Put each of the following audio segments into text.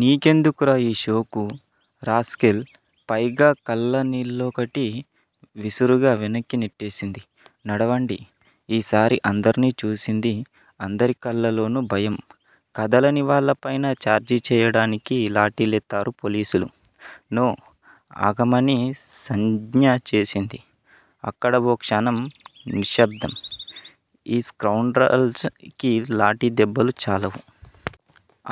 నీ కెందుకురా ఈ షోకు? రాస్కెల్ పైగా కళ్ళనీళ్ళొకటి! విసురుగా వెనక్కి నెట్టేసింది. నడవండి. ఈసారి అందర్నీ చూసింది. అందరి కళ్ళలోనూ భయం. కదలని వాళ్ళపైన ఛార్జీ చేయడానికి లాఠీలెత్తారు పోలీసులు. నో! అగమని సంజ్ఞచేసింది. అక్కడ ఓ క్షణం నిశ్సబ్దం. ఈ స్కౌండ్రల్స్ కి లాఠీ దెబ్బలు చాలవ్.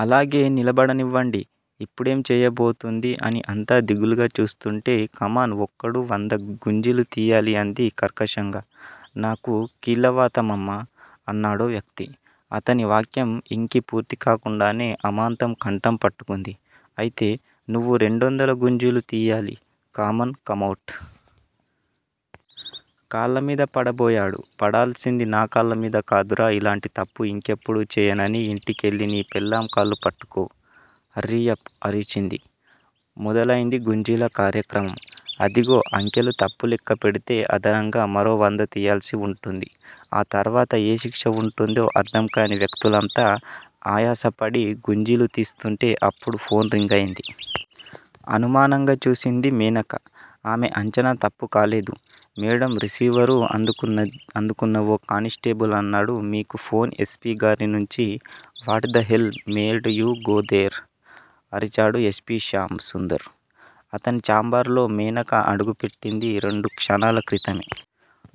అలాగే నిలబడనివ్వండి. ఇప్పుడేం చేయబోతుందో అని అంతా దిగులుగా చూస్తుంటే కమాన్ ఒక్కోడూ వంద గుంజీలు తీయాలి అంది కర్కశంగా. నాకు కీళ్ళవాతమమ్మా. అన్నాడో వ్యక్తి. అతని వాక్యం ఇంకీ పూర్తికాకుండానే అమాంతం కంఠం పట్టుకుంది. అయితే, నువ్వు రెండొందల గుంజీలు తీయాలి. Come on-- come out! కాళ్ళమీద పడబోయాడు. పడాల్సింది నా కాళ్ళమీద కాదురా ఇలాంటి తప్పు ఇంకెప్పుడూ చేయనని ఇంటికెళ్ళినీ పెళ్ళాం కాళ్ళు పట్చుకో. హర్రియప్ అరిచింది. మొదలయింది గుంజీల కార్యక్రమం. అదిగో అంకెలు తప్పు లెక్కపెడితే అదనంగా మరో వందతీయాల్సి ఉంటుంది. ఆ తరువాత ఏ శిక్ష ఉంటుందో అర్థంకాని వ్యక్తులంతా ఆయాసపడి గుంజీలు తీస్తుంటే అప్పుడు ఫోన్ రింగయింది. అనుమానంగా చూసింది మేనక. ఆమె ఆంచనా తప్పు కాలేదు. మేడం రిసీవరు అందుకే అందుకున్న ఓ కానిస్టేబుల్ అన్నాడు మీకు ఫోన్ ఎస్పీ గారి నుంచి. What the hell made you go there? అరిచాడు ఎస్పీ శ్యాం సుందర్. అతని ఛాంబర్ లో మేనక అడుగుపెట్టింది రెండు క్షణాల క్రితమే.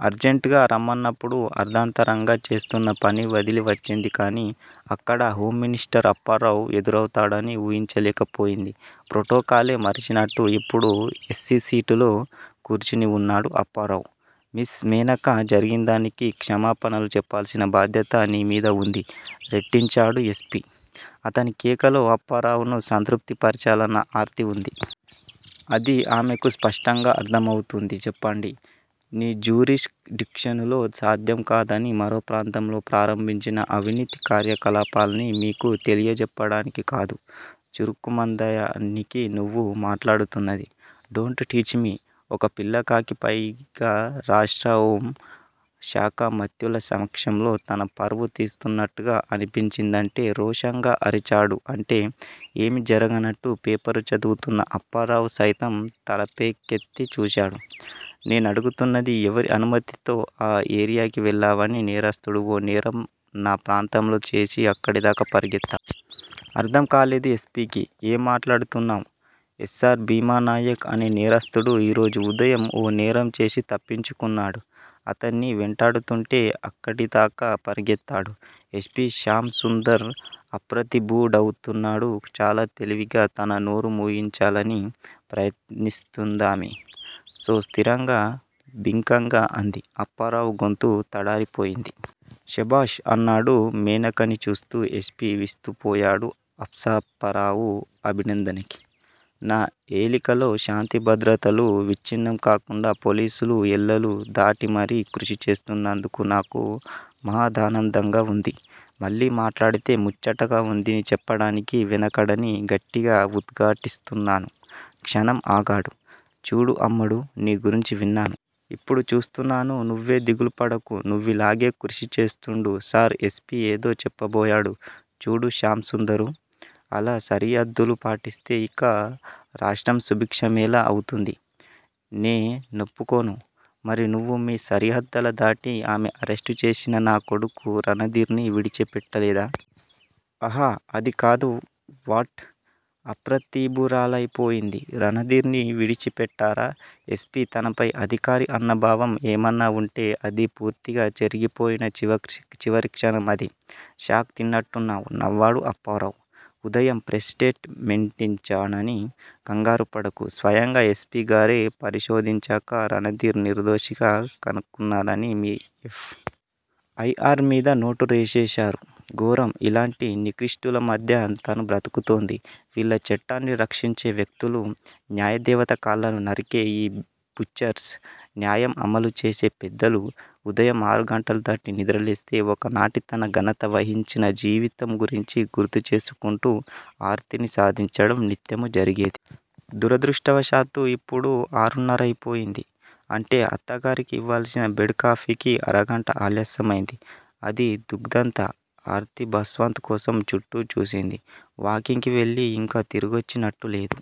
అర్జెంటుగా రమ్మన్నప్పుడు అర్థాంతరంగా చేస్తున్న పని వదిలి వచ్చింది కాని, అక్కడ హోంమనిస్టర్ అప్పారావు ఎదురౌతాడని ఊహించలేకపోయింది. ప్రోటోకాలే మరిచినట్టు ఇప్పుడు ఎస్సీసీటులో కూర్చునిఉన్నాడు అప్పారావు. మిస్ మేనకా జరిగిందానికి క్షణాపణలు చెప్పాల్సిన బాధ్యత నీమీద ఉంది. రెట్టించాడు ఎస్పీ. అతని కేకలో అప్పారావుని సంతృప్తి పరచాలన్న ఆర్తి ఉంది. అది ఆమెకు స్పష్టంగా అర్థమౌతూంది. చెప్పండి. నీ జూరిస్ డిక్షనులో సాధ్యం కాదని మరో ప్రాంతంలో ప్రారంభించిన అవినీతి కార్యకలాపాల్ని మీకు తెలియచెప్పటానికి కాదు. చరుక్కుమందాయనికి- నువ్వు మాట్లాడుతున్నది. Don't teach me! ఒక పిల్లకాకి పైగా రాష్ట్ర్రహోం శాఖామాత్యులసమక్షంలో తన పరువు తీస్తున్నట్టుగా అనిపించిందంటే, రోషంగా అరిచాడూ అంటే, ఏమీ జరగనట్టు పేపరు చదువుతున్న అప్పారావు సైతం తలపేకెత్తి చూశాడు- నేనడుగుతున్నది ఎవరి అనుమతితో ఆ ఏరియాకివెళ్ళావని నేరస్థుడు ఓ నేరం నా ప్రాంతంలో చేసి అక్కడిదాకా పరుగెత్తా. అర్థం కాలేదు ఎస్పీకి. ఏం మాట్లాడుతున్నావు? ఎస్సర్ భీమనాయక్ అనే నేరస్థుడు ఈరోజు ఉదయం ఓ నేరం చేసి తప్పించుకున్నాడు. అతన్ని వెంటాడుతుంటే అక్కడితాకా పరుగెత్తాడు. ఎస్పీ శ్యామసుదంర్ అప్రతిభూడౌతున్నడు చాలా తెలివిగా తన నోరు మూయించాలని ప్రయత్నిస్తూందామె. సో స్థిరంగా, బింకంగా అంది. అప్పారావు గొంతు తడారిపోయింది. శభాష్! అన్నాడు మేనకనిచూస్తూ ఎస్పీ విస్తుపోయాడు అప్సపారావు అభినందనకి. నా ఏలికలో శాంతిభద్రతలు విచ్ఛిన్నం కాకుండా పోలీసులు ఎల్లలు దాటి మరీ కృషీ చేస్తున్నందుకు నాకు మహదానందంగా ఉంది. మళ్ళీ మట్లాడితే ముచ్చటగా ఉందిని చెప్పడానికి వెనకడని గట్టిగా ఉద్ఘాటిస్తున్నాను. క్షణం ఆగాడు. చూడు అమ్మడూ, నీ గురించి విన్నా. ఇప్పుడు చూస్తున్నాను. నువ్వే దిగులుపడకు. నువ్విలాగే కృషి చేస్తూండు. సర్ ఎస్పీ ఏదో చెప్పబోయాడు. చూడు శ్యాం సుందరూ! అలా సరిహద్దులు పాటిస్తే ఇక రాష్ట్ర్రంసుభిక్షమెలా అవుతుంది? నే నొప్పుకోను. మరి నువ్వు మీ సరిహద్ధలు దాటి ఆమె ఆరెస్టు చేసిన నా కొడుకు రణదీర్ ని విడిచిపెట్టలేదా? అహ- అదికాదు వ్వాట్? అప్రతిభురాలైపోయింది- రణధీర్ ని విడిచిపెట్టారా? ఎస్పీ- తనపై అధికారి అన్న భావం ఏమన్నా ఉంటే అది పూర్తిగా చెరిగిపోయిన చివ చివరిక్షణం అదే. షాక్ తిన్నట్టున్నావు! నవ్వాడు అప్పారావు. ఉదయం ప్రెస్ స్టేట్ మెంటిచ్చానని కంగారుపడకు. స్వయంగా ఎస్పీ గారే పరిశోధించాక రణధీర్ నిర్దోషిగా కనుక్కున్నారని మీ. ఐ. ఆర్. మీద నోట్ రేసేశారు. ఘోరం! ఇలాంటి నికృష్ఠుల మధ్య తను బ్రతుకుతోంది! వీళ్ళాచట్టాన్ని రక్షించే వ్యక్తులు? న్యాయదేవత కాళ్ళను నరికే ఈ 'బుచ్చర్స్ ' న్యాయం అమలు చేసే పెద్దలు. ఉదయం ఆరు గంటలు దాటి నిద్రలేస్తే ఒకనాటి తన ఘనత వహించిన జీవితం గురించి గుర్తుచేసుకుంటూ ఆర్తిని సాధించడం నిత్యమూ జరిగేడి. దురదృష్టవశాత్తూ ఇప్పుడు ఆరున్నరయిపోయింది. అంటే అత్తగారికి ఇవ్వాల్సిన బెడ్ కాఫీకి అరగంట ఆలస్యమైంది. అదీ దుగ్ధంతా. ఆర్తి భాస్వంత్ కోసం చుట్టూ చూసింది. వాకింగ్ కి వెళ్ళి ఇంకా తిరిగొచ్చినట్టులేదు.